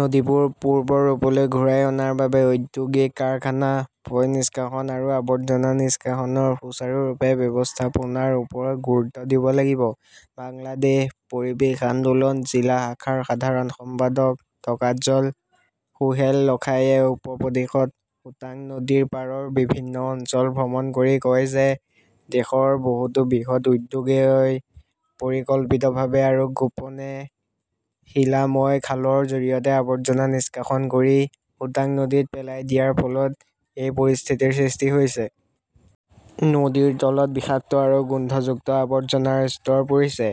নদীবোৰ পূৰ্বৰ ৰূপলৈ ঘূৰাই অনাৰ বাবে ঔদ্যোগিক কাৰখানা, পয়ঃনিষ্কাশন আৰু আৱৰ্জনা নিষ্কাশনৰ সুচাৰুৰূপে ব্যৱস্থাপনাৰ ওপৰত গুৰুত্ব দিব লাগিব। বাংলাদেশ পৰিৱেশ আন্দোলন জিলা শাখাৰ সাধাৰণ সম্পাদক টফাজ্জল সোহেল লাখাইয়ে উপ-প্ৰদেশত সুতাং নদীৰ পাৰৰ বিভিন্ন অঞ্চল ভ্ৰমণ কৰি কয় যে, দেশৰ বহুতো বৃহৎ উদ্যোগই পৰিকল্পিতভাৱে আৰু গোপনে শিলাময় খালৰ জৰিয়তে আৱৰ্জনা নিষ্কাশন কৰি সুতাং নদীত পেলাই দিয়াৰ ফলত এই পৰিস্থিতিৰ সৃষ্টি হৈছে। নদীৰ তলত বিষাক্ত আৰু গোন্ধযুক্ত আৱৰ্জনাৰ স্তৰ পৰিছে।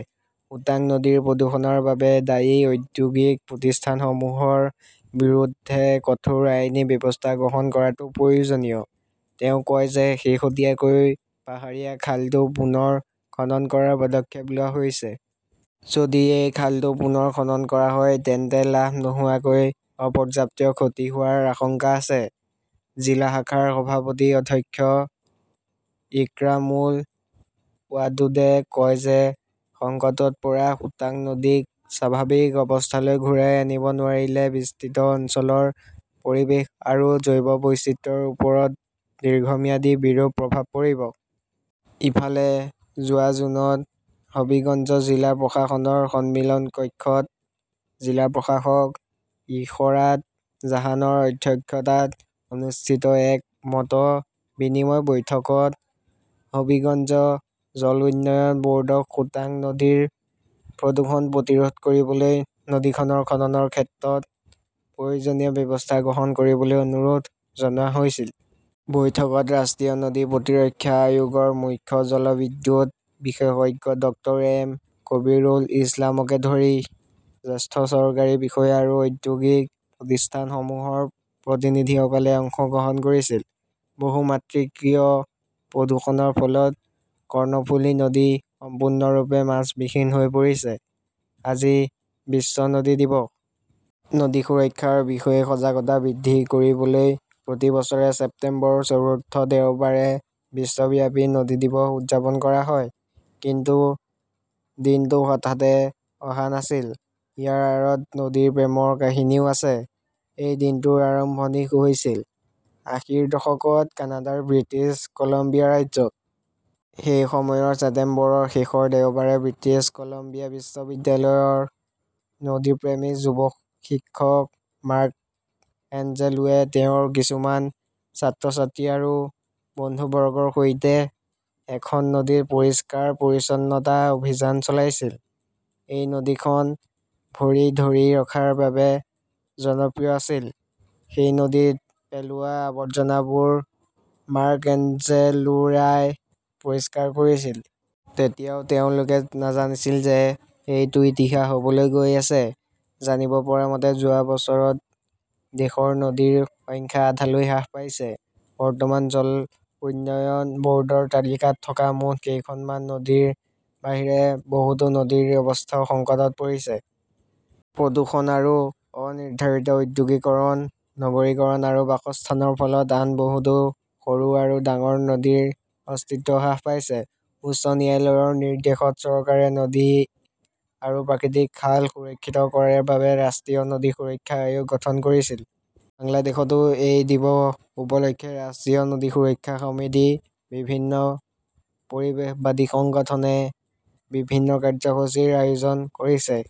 সুতাং নদীৰ প্ৰদূষণৰ বাবে দায়ী ঔদ্যোগিক প্ৰতিষ্ঠানসমূহৰ বিৰুদ্ধে কঠোৰ আইনী ব্যৱস্থা গ্ৰহণ কৰাটো প্ৰয়োজনীয়। তেওঁ কয় যে শেহতীয়াকৈ পাহাৰীয়া খালটো পুনৰ খনন কৰাৰ পদক্ষেপ লোৱা হৈছে। যদি এই খালটো পুনৰ খনন কৰা হয়, তেন্তে লাভ নোহোৱাকৈ অপৰ্যাপ্ত ক্ষতি হোৱাৰ আশংকা আছে। জিলা শাখাৰ সভাপতি অধ্যক্ষ, ইক্ৰামুল ৱাদুদে কয় যে, সংকটত পৰা সুতাং নদীক স্বাভাৱিক অৱস্থালৈ ঘূৰাই আনিব নোৱাৰিলে বিস্তৃত অঞ্চলৰ পৰিৱেশ আৰু জৈৱ বৈচিত্ৰ্যৰ ওপৰত দীৰ্ঘম্যাদী বিৰূপ প্ৰভাৱ পৰিব। ইফালে, যোৱা জুনত হবীগঞ্জ জিলা প্ৰশাসকৰ সন্মিলন কক্ষত, জিলা প্ৰশাসক ইশৰাট জাহানৰ অধ্যক্ষতাত অনুষ্ঠিত এক মত বিনিময় বৈঠকত হবীগঞ্জ জল উন্নয়ন ব'ৰ্ডক সুতাং নদীৰ প্ৰদূষণ প্ৰতিৰোধ কৰিবলৈ নদীখনৰ খননৰ ক্ষেত্ৰত প্ৰয়োজনীয় ব্যৱস্থা গ্ৰহণ কৰিবলৈ অনুৰোধ জনোৱা হৈছিল। বৈঠকত ৰাষ্ট্ৰীয় নদী প্ৰতিৰক্ষা আয়োগৰ মুখ্য জলবিদ্যুৎ বিশেষজ্ঞ ডক্টৰ এম কবীৰুল ইছলামকে ধৰি জ্যেষ্ঠ চৰকাৰী বিষয়া আৰু ঔদ্যোগিক প্ৰতিষ্ঠানসমূহৰ প্ৰতিনিধিসকলে অংশগ্ৰহণ কৰিছিল। বহু-মাত্ৰিকীয় প্ৰদূষণৰ ফলত কৰ্ণফুলী নদী সম্পূৰ্ণৰূপে মাছবিহীন হৈ পৰিছে। আজি বিশ্ব নদী দিৱস। নদী সুৰক্ষাৰ বিষয়ে সজাগতা বৃদ্ধি কৰিবলৈ প্ৰতি বছৰে ছেপ্টেম্বৰৰ চতুৰ্থ দেওবাৰে বিশ্বব্যাপী নদী দিৱস উদযাপন কৰা হয়। কিন্তু দিনটো হঠাতে অহা নাছিল। ইয়াৰ আঁৰত নদীৰ প্ৰেমৰ কাহিনীও আছে। এই দিনটোৰ আৰম্ভণি হৈছিল, আঁশীৰ দশকত কানাডাৰ ব্ৰিটিছ কলম্বিয়া ৰাজ্যত। সেই সময়ৰ ছেপ্টেম্বৰৰ শেষৰ দেওবাৰে ব্ৰিটিছ কলম্বিয়া বিশ্ববিদ্যালয়ৰ নদীপ্ৰেমী যুৱ শিক্ষক মাৰ্ক এঞ্জেলোৱে তেওঁৰ কিছুমান ছাত্ৰ-ছাত্ৰী আৰু বন্ধুবৰ্গৰ সৈতে এখন নদীত পৰিষ্কাৰ-পৰিচ্ছন্নতা অভিযান চলাইছিল। এই নদীখন ভৰি, ধৰি ৰখাৰ বাবে জনপ্ৰিয় আছিল। সেই নদীত পেলোৱা আৱৰ্জনাবোৰ মাৰ্ক এঞ্জেলোৰাই পৰিষ্কাৰ কৰিছিল। তেতিয়াও তেওঁলোকে নাজানিছিল যে এইটো ইতিহাস হ'বলৈ গৈ আছে। জানিব পৰা মতে, যোৱা বছৰত দেশৰ নদীৰ সংখ্যা আধালৈ হ্ৰাস পাইছে। বৰ্তমান জল উন্নয়ন ব'ৰ্ডৰ তালিকাত থকা মুঠ কেইখনমান নদীৰ বাহিৰে বহুতো নদীৰ অৱস্থাও সংকটত পৰিছে। প্ৰদূষণ আৰু অ-নিৰ্ধাৰিত ঔদ্যোগিকৰণ, নগৰীকৰণ আৰু বাসস্থানৰ ফলত আন বহুতো সৰু আৰু ডাঙৰ নদীৰ অস্তিত্ব হ্ৰাস পাইছে। উচ্চ ন্যায়ালয়ৰ নিৰ্দেশত চৰকাৰে নদী আৰু প্ৰাকৃতিক খাল সুৰক্ষিত কৰাৰ বাবে ৰাষ্ট্ৰীয় নদী সুৰক্ষা আয়োগ গঠন কৰিছিল। বাংলাদেশতো এই দিৱস উপলক্ষে ৰাষ্ট্ৰীয় নদী সুৰক্ষা সমিতি, বিভিন্ন পৰিৱেশবাদী সংগঠনে বিভিন্ন কাৰ্যসূচীৰ আয়োজন কৰিছে।